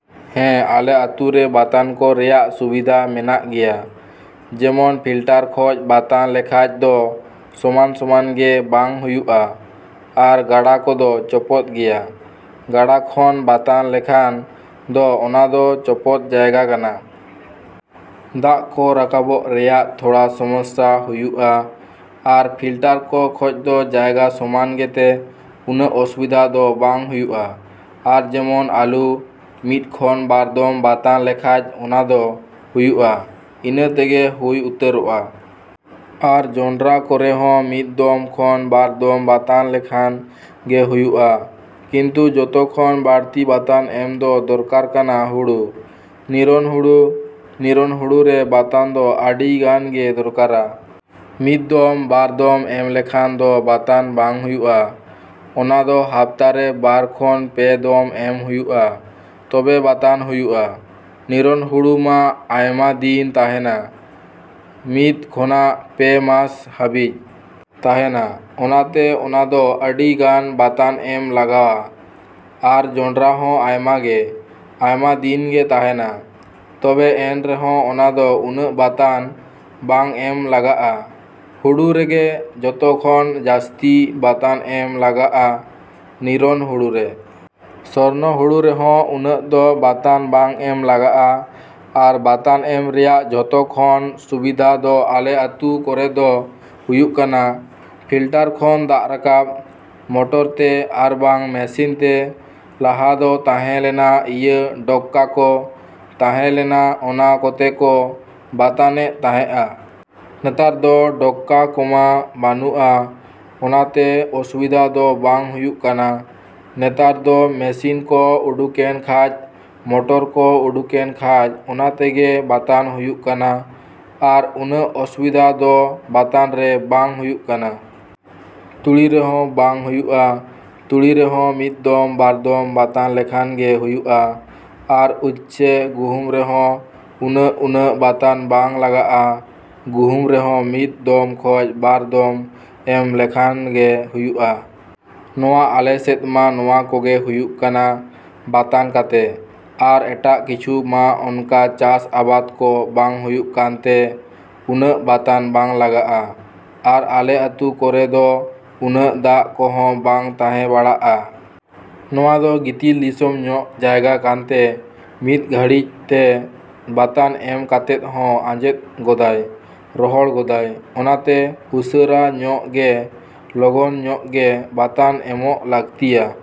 ᱦᱮᱸ, ᱟᱞᱮ ᱟᱹᱛᱩᱨᱮ ᱵᱟᱛᱟᱱ ᱠᱚ ᱨᱮᱭᱟᱜ ᱥᱩᱵᱤᱫᱷᱟ ᱢᱮᱱᱟᱜ ᱜᱮᱭᱟ᱾ ᱡᱮᱢᱚᱱ ᱯᱷᱤᱞᱴᱟᱨ ᱠᱷᱚᱡ ᱵᱟᱛᱟᱱ ᱞᱮᱠᱷᱟᱡ ᱫᱚ ᱥᱚᱢᱟᱱᱼᱥᱚᱢᱟᱱ ᱜᱮ ᱵᱟᱝ ᱦᱩᱭᱩᱜᱼᱟ᱾ ᱟᱨ ᱜᱟᱰᱟ ᱠᱚᱫᱚ ᱪᱚᱯᱚᱫ ᱜᱮᱭᱟ᱾ ᱜᱟᱰᱟ ᱠᱷᱚᱱ ᱵᱟᱛᱟᱱ ᱞᱮᱠᱷᱟᱱ ᱫᱚ ᱚᱱᱟᱫᱚ ᱪᱚᱯᱚᱫ ᱡᱟᱭᱜᱟ ᱠᱟᱱᱟ᱾ ᱫᱟᱜ ᱠᱚ ᱨᱟᱠᱟᱵᱚᱜ ᱨᱮᱭᱟᱜ ᱛᱷᱚᱲᱟ ᱥᱚᱢᱚᱥᱥᱟ ᱦᱩᱭᱩᱜᱼᱟ᱾ ᱟᱨ ᱯᱷᱤᱞᱴᱟᱨ ᱠᱚ ᱠᱷᱚᱡ ᱫᱚ ᱡᱟᱭᱜᱟ ᱥᱚᱢᱟᱱ ᱜᱮᱛᱮ ᱩᱱᱟᱹᱜ ᱚᱥᱩᱵᱤᱫᱷᱟ ᱫᱚ ᱵᱟᱝ ᱦᱩᱭᱩᱜᱼᱟ᱾ ᱟᱨ ᱡᱮᱢᱚᱱ ᱟᱹᱞᱩ ,ᱢᱤᱫ ᱠᱷᱚᱱ ᱵᱟᱨ ᱫᱚᱢ ᱵᱟᱛᱟᱱ ᱞᱮᱠᱷᱟᱡ ᱚᱱᱟᱫᱚ ᱦᱩᱭᱩᱜᱼᱟ, ᱤᱱᱟᱹ ᱛᱮᱜᱮ ᱦᱩᱭ ᱩᱛᱟᱹᱨᱚᱜᱼᱟ᱾ ᱟᱨ ᱡᱚᱱᱰᱨᱟ ᱠᱚᱨᱮ ᱦᱚᱸ ᱢᱤᱫ ᱫᱚᱢ ᱠᱷᱚᱱ ᱵᱟᱨ ᱫᱚᱢ ᱵᱟᱛᱟᱱ ᱞᱮᱠᱷᱟᱱ ᱜᱮ ᱦᱩᱭᱩᱜᱼᱟ᱾ ᱠᱤᱱᱛᱩ ᱡᱚᱛᱚ ᱠᱷᱚᱱ ᱵᱟᱹᱲᱛᱤ ᱵᱟᱛᱟᱱ ᱮᱢ ᱫᱚ ᱫᱚᱨᱠᱟᱨ ᱠᱟᱱᱟ ᱦᱩᱲᱩ᱾ ᱱᱤᱨᱚᱱ ᱦᱩᱲᱩ, ᱱᱤᱨᱚᱱ ᱦᱩᱲᱩᱨᱮ ᱵᱟᱛᱟᱱ ᱫᱚ ᱟᱹᱰᱤ ᱜᱟᱱ ᱜᱮ ᱫᱚᱨᱠᱟᱨᱟ᱾ ᱢᱤᱫ ᱫᱚᱢ, ᱵᱟᱨ ᱫᱚᱢ ᱮᱢ ᱞᱮᱠᱷᱟᱱ ᱫᱚ ᱵᱟᱛᱟᱱ ᱵᱟᱝ ᱦᱩᱭᱩᱜᱼᱟ᱾ ᱚᱱᱟᱫᱚ ᱦᱟᱯᱛᱟ ᱨᱮ ᱵᱟᱨ ᱠᱷᱚᱱ ᱯᱮ ᱫᱚᱢ ᱮᱢ ᱦᱩᱭᱩᱜᱼᱟ, ᱛᱚᱵᱮ ᱵᱟᱛᱟᱱ ᱦᱩᱭᱩᱜᱼᱟ᱾ ᱱᱤᱨᱚᱱ ᱦᱩᱲᱩ ᱢᱟ ᱟᱭᱢᱟ ᱫᱤᱱ ᱛᱟᱦᱮᱱᱟ᱾ ᱢᱤᱫ ᱠᱷᱚᱱᱟᱜ ᱯᱮ ᱢᱟᱥ ᱦᱟ.ᱵᱤᱡ ᱛᱟᱦᱮᱱᱟ᱾ ᱚᱱᱟᱛᱮ ᱚᱱᱟᱫᱚ ᱟᱹᱰᱤ ᱜᱟᱱ ᱵᱟᱛᱟᱱ ᱮᱢ ᱞᱟᱜᱟᱣᱟ᱾ ᱟᱨ ᱡᱚᱱᱰᱨᱟ ᱦᱚᱸ ᱟᱭᱢᱟ ᱜᱮ, ᱟᱭᱢᱟ ᱫᱤᱱ ᱜᱮ ᱛᱟᱦᱮᱱᱟ᱾ ᱛᱚᱵᱮ ᱮᱱ ᱨᱮᱦᱚᱸ ᱚᱱᱟᱫᱚ ᱩᱱᱟᱹᱜ ᱵᱟᱛᱟᱱ ᱵᱟᱝ ᱮᱢ ᱞᱟᱜᱟᱜᱼᱟ᱾ ᱦᱩᱲᱩ ᱨᱮᱜᱮ ᱡᱚᱛᱚ ᱠᱷᱚᱱ ᱡᱟᱹᱥᱛᱤ ᱵᱟᱛᱟᱱ ᱮᱢ ᱞᱟᱜᱟᱜᱼᱟ, ᱱᱤᱨᱚᱱ ᱦᱩᱲᱩᱨᱮ᱾ ᱥᱚᱨᱱᱚ ᱦᱩᱲᱩ ᱨᱮᱦᱚᱸ ᱩᱱᱟᱹᱜ ᱫᱚ ᱵᱟᱛᱟᱱ ᱵᱟᱝ ᱮᱢ ᱞᱟᱜᱟᱜᱼᱟ᱾ ᱟᱨ ᱵᱟᱛᱟᱱ ᱮᱢ ᱨᱮᱭᱟᱜ ᱡᱚᱛᱚ ᱠᱷᱚᱱ ᱥᱩᱵᱤᱫᱷᱟ ᱫᱚ ᱟᱞᱮ ᱟᱹᱛᱩ ᱠᱚᱨᱮᱫᱚ ᱦᱩᱭᱩᱜ ᱠᱟᱱᱟ᱾ ᱯᱷᱤᱞᱴᱟᱨ ᱠᱷᱚᱱ ᱫᱟᱜ ᱨᱟᱠᱟᱵᱽ, ᱢᱚᱴᱚᱨ ᱛᱮ, ᱟᱨ ᱵᱟᱝ ᱢᱮᱥᱤᱱ ᱛᱮ᱾ ᱞᱟᱦᱟ ᱫᱚ ᱛᱟᱦᱮᱸ ᱞᱮᱱᱟ ᱤᱭᱟᱹ ᱰᱚᱠᱠᱟ ᱠᱚ, ᱛᱟᱦᱮᱸ ᱞᱮᱱᱟ, ᱚᱱᱟ ᱠᱚᱛᱮ ᱠᱚ ᱵᱟᱛᱟᱱᱮᱜ ᱛᱟᱦᱮᱸᱜᱼᱟ᱾ ᱱᱮᱛᱟᱨ ᱫᱚ ᱰᱚᱠᱠᱟ ᱠᱚᱢᱟ ᱵᱟᱹᱱᱩᱜᱼᱟ, ᱚᱱᱟᱛᱮ ᱚᱥᱩᱵᱤᱫᱷᱟ ᱫᱚ ᱵᱟᱝ ᱦᱩᱭᱩᱜ ᱠᱟᱱᱟ᱾ ᱱᱮᱛᱟᱨ ᱫᱚ ᱢᱮᱥᱤᱱ ᱠᱚ ᱩᱰᱩᱠᱮᱱ ᱠᱷᱟᱡ, ᱢᱚᱴᱚᱨ ᱠᱚ ᱩᱰᱩᱠᱮᱱ ᱠᱷᱟᱡ ᱚᱱᱟᱛᱮᱜᱮ ᱵᱟᱛᱟᱱ ᱦᱩᱭᱩᱜ ᱠᱟᱱᱟ᱾ ᱟᱨ ᱩᱱᱟᱹᱜ ᱚᱥᱩᱵᱤᱫᱷᱟ ᱫᱚ ᱵᱟᱛᱟᱱᱨᱮ ᱵᱟᱝ ᱦᱩᱭᱩᱜ ᱠᱟᱱᱟ᱾ ᱛᱩᱲᱤ ᱨᱮᱦᱚᱸ ᱵᱟᱝ ᱦᱩᱭᱩᱜᱼᱟ᱾ ᱛᱩᱲᱤ ᱨᱮᱦᱚᱸ ᱢᱤᱫ ᱫᱚᱢ, ᱵᱟᱨ ᱫᱚᱢ ᱵᱟᱛᱟᱱ ᱞᱮᱠᱷᱟᱱ ᱜᱮ ᱦᱩᱭᱩᱜᱼᱟ᱾ ᱟᱨ ᱩᱪᱪᱷᱮ, ᱜᱩᱦᱩᱢ ᱨᱮᱦᱚᱸ ᱩᱱᱟᱹᱜᱼᱩᱱᱟᱹᱜ ᱵᱟᱛᱟᱱ ᱵᱟᱝ ᱞᱟᱜᱟᱜᱼᱟ᱾ ᱜᱩᱦᱩᱢ ᱨᱮᱦᱚᱸ ᱢᱤᱫ ᱫᱚᱢ ᱠᱷᱚᱡ ᱵᱟᱨ ᱫᱚᱢ ᱮᱢ ᱞᱮᱠᱷᱟᱱ ᱜᱮ ᱦᱩᱭᱩᱜᱼᱟ᱾ ᱱᱚᱣᱟ ᱟᱞᱮ ᱥᱮᱫ ᱢᱟ ᱱᱚᱣᱟ ᱠᱚᱜᱮ ᱦᱩᱭᱩᱜ ᱠᱟᱱᱟ ᱵᱟᱛᱟᱱ ᱠᱟᱛᱮ᱾ ᱟᱨ ᱮᱴᱟᱜ ᱠᱤᱪᱷᱩ ᱢᱟ ᱚᱱᱠᱟ ᱪᱟᱥ ᱟᱵᱟᱫ ᱠᱚ ᱵᱟᱝ ᱦᱩᱭᱩᱜ ᱠᱟᱱᱛᱮ ᱩᱱᱟᱹᱜ ᱵᱟᱛᱟᱱ ᱵᱟᱝ ᱞᱟᱜᱟᱜᱼᱟ ᱾ ᱟᱨ ᱟᱞᱮ ᱟᱹᱛᱩ ᱠᱚᱨᱮ ᱫᱚ ᱩᱱᱟᱹᱜ ᱫᱟᱜ ᱠᱚᱦᱚᱸ ᱵᱟᱝ ᱛᱟᱦᱮᱸ ᱵᱟᱲᱟᱜᱼᱟ᱾ ᱱᱚᱣᱟ ᱫᱚ ᱜᱤᱛᱤᱞ ᱫᱤᱥᱚᱢ ᱧᱚᱜ ᱡᱟᱭᱜᱟ ᱠᱟᱱᱛᱮ ᱢᱤᱫ ᱜᱷᱟᱹᱲᱤᱡ ᱛᱮ ᱵᱟᱛᱟᱱ ᱮᱢ ᱠᱟᱛᱮᱫ ᱦᱚᱸ ᱟᱸᱡᱮᱫ ᱜᱚᱫᱟᱭ, ᱨᱚᱦᱚᱲ ᱜᱚᱫᱟᱭ᱾ ᱚᱱᱟᱛᱮ ᱩᱥᱟᱹᱨᱟ ᱧᱚᱜ ᱜᱮ, ᱞᱚᱜᱚᱱ ᱧᱚᱜ ᱜᱮ ᱵᱟᱛᱟᱱ ᱮᱢᱚᱜ ᱞᱟᱹᱠᱛᱤᱭᱟ